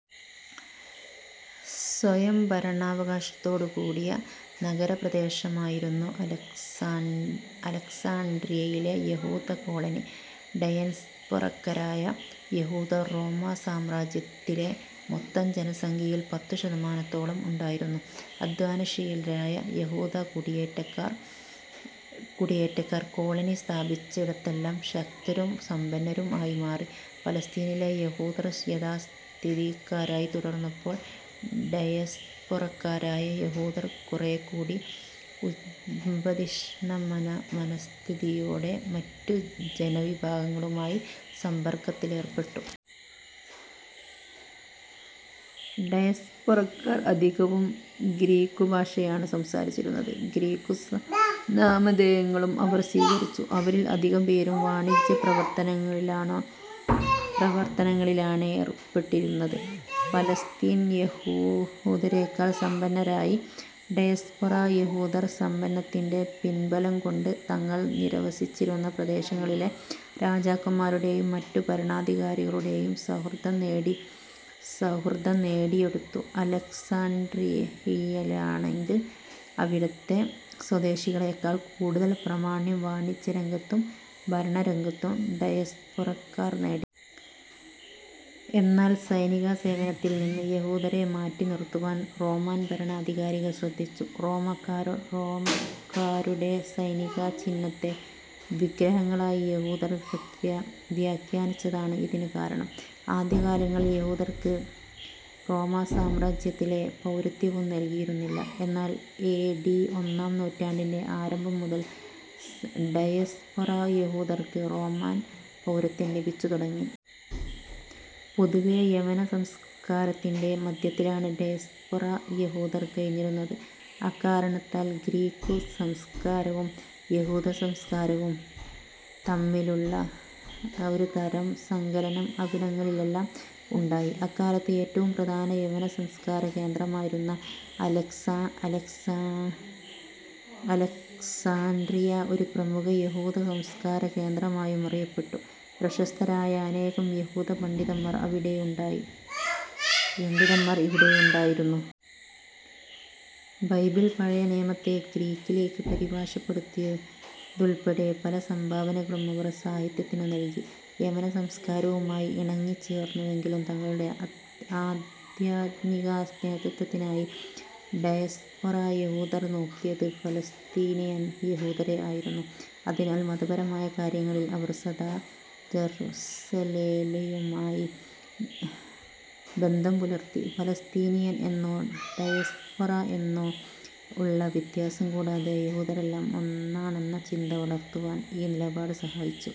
സ്വയംഭരണാവകാശത്തോടുകൂടിയ നഗരപ്രദേശമായിരുന്നു അലക്സാൻഡ്രിയയിലെ യഹൂദ കോളനി. ഡയസ്പൊറക്കാരായ യഹൂദർ റോമാ സാമ്രാജ്യത്തിലെ മൊത്തം ജനസംഖ്യയിൽ പത്തുശതമാനത്തോളം ഉണ്ടായിരുന്നു. അധ്വാനശീലരായ യഹൂദ കുടിയേറ്റക്കാർ കോളനി സ്ഥാപിച്ചിടത്തെല്ലാം ശക്തരും സമ്പന്നരും ആയി മാറി. പാലസ്തീനിലെ യഹൂദർ യാഥാസ്ഥിതികരായി തുടർന്നപ്പോൾ ഡയസ്പൊറക്കാരായ യഹൂദർ കുറേക്കൂടി ഉത്പതിഷ്ണമനസ്ഥിതിയോടെ മറ്റു ജനവിഭാഗങ്ങളുമായി സമ്പർക്കത്തിലേർപ്പെട്ടു. ഡയസ്പൊറക്കാർ അധികവും ഗ്രീക്കുഭാഷയാണു സംസാരിച്ചിരുന്നത്. ഗ്രീക്കു നാമധേയങ്ങളും അവർ സ്വീകരിച്ചു. അവരിൽ അധികംപേരും വാണിജ്യപ്രവർത്തനങ്ങളിലാണേർപ്പെട്ടിരുന്നത്. പലസ്തീൻ യഹൂദരെക്കാൾ സമ്പന്നരായി. ഡയസ്പൊറ യഹൂദർ സമ്പത്തിന്റെ പിൻബലം കൊണ്ട് തങ്ങൾ നിവസിച്ചിരുന്ന പ്രദേശങ്ങളിലെ രാജാക്കന്മാരുടേയും മറ്റു ഭരണാധികാരികളുടേയും സൗഹൃദം നേടിയെടുത്തു. അലക്സാൻഡ്രിയയിലാണെങ്കിൽ അവിടത്തെ സ്വദേശികളെക്കാൾ കൂടുതൽ പ്രാമാണ്യം വാണിജ്യരംഗത്തും ഭരണരംഗത്തും ഡയസ്പൊറക്കാർ നേടി. എന്നാൽ സൈനികസേവനത്തിൽ നിന്ന് യഹൂദരെ മാറ്റി നിർത്തുവാൻ റോമൻ ഭരണാധികാരികൾ ശ്രദ്ധിച്ചു. റോമാക്കാരുടെ സൈനിക ചിഹ്നത്തെ വിഗ്രഹങ്ങളായി യഹൂദർ വ്യാഖാനിച്ചതാണ് ഇതിനു കാരണം. ആദ്യകാലങ്ങളിൽ യഹൂദർക്ക് റോമാസാമ്രാജ്യത്തിലെ പൗരത്വവും നൽകിയിരുന്നില്ല. എന്നാൽ ഏ. ഡി. ഒന്നാം നൂറ്റാണ്ടിന്റെ ആരംഭം മുതൽ ഡയസ്പൊറ യഹൂദർക്ക് റോമൻ പൗരത്വം ലഭിച്ചു തുടങ്ങി. പൊതുവേ യവന സംസ്കാരത്തിന്റെ മധ്യത്തിലാണ് ഡയസ്പൊറ യഹൂദർ കഴിഞ്ഞിരുന്നത്. അക്കാരണത്താൽ ഗ്രീക്കു സംസ്കാരവും യഹൂദസംസ്കാരവും തമ്മിലുള്ള ഒരു തരം സങ്കലനം അവിടങ്ങളിലെല്ലാം ഉണ്ടായി. അക്കാലത്ത് ഏറ്റവും പ്രധാന യവന സംസ്കാര കേന്ദ്രമായിരുന്ന അലക്സാൻഡ്രിയ, ഒരു പ്രമുഖ യഹൂദ സംസ്കാര കേന്ദ്രമായും അറിയപ്പെട്ടു. പ്രശസ്തരായ അനേകം യഹൂദപണ്ഡിതന്മാർ ഇവിടെ ഉണ്ടായിരുന്നു. ബൈബിൾ പഴയ നിയമത്തെ ഗ്രീക്കിലേക്ക് പരിഭാഷപ്പെടുത്തിയതുൾപ്പെടെ പല സംഭാവനകളും അവർ സാഹിത്യത്തിനു നൽകി. യവന സംസ്കാരവുമായി ഇണങ്ങിച്ചേർന്നുവെങ്കിലും തങ്ങളുടെ ആധ്യാത്മിക നേതൃത്വത്തിനായി ഡയസ്പൊറ യഹൂദർ നോക്കിയത് പലസ്തീനിയൻ യഹൂദരെ ആയിരുന്നു. അതിനാൽ, മതപരമായ കാര്യങ്ങളിൽ അവർ സദാ ജെറുസലേമുമായി ബന്ധം പുലർത്തി. പലസ്തീനിയൻ എന്നോ ഡയസ്പൊറ എന്നോ ഉള്ള വ്യത്യാസം കൂടാതെ, യഹൂദരെല്ലാം ഒന്നാണെന്ന ചിന്ത വളർത്തുവാൻ ഈ നിലപാട് സഹായിച്ചു.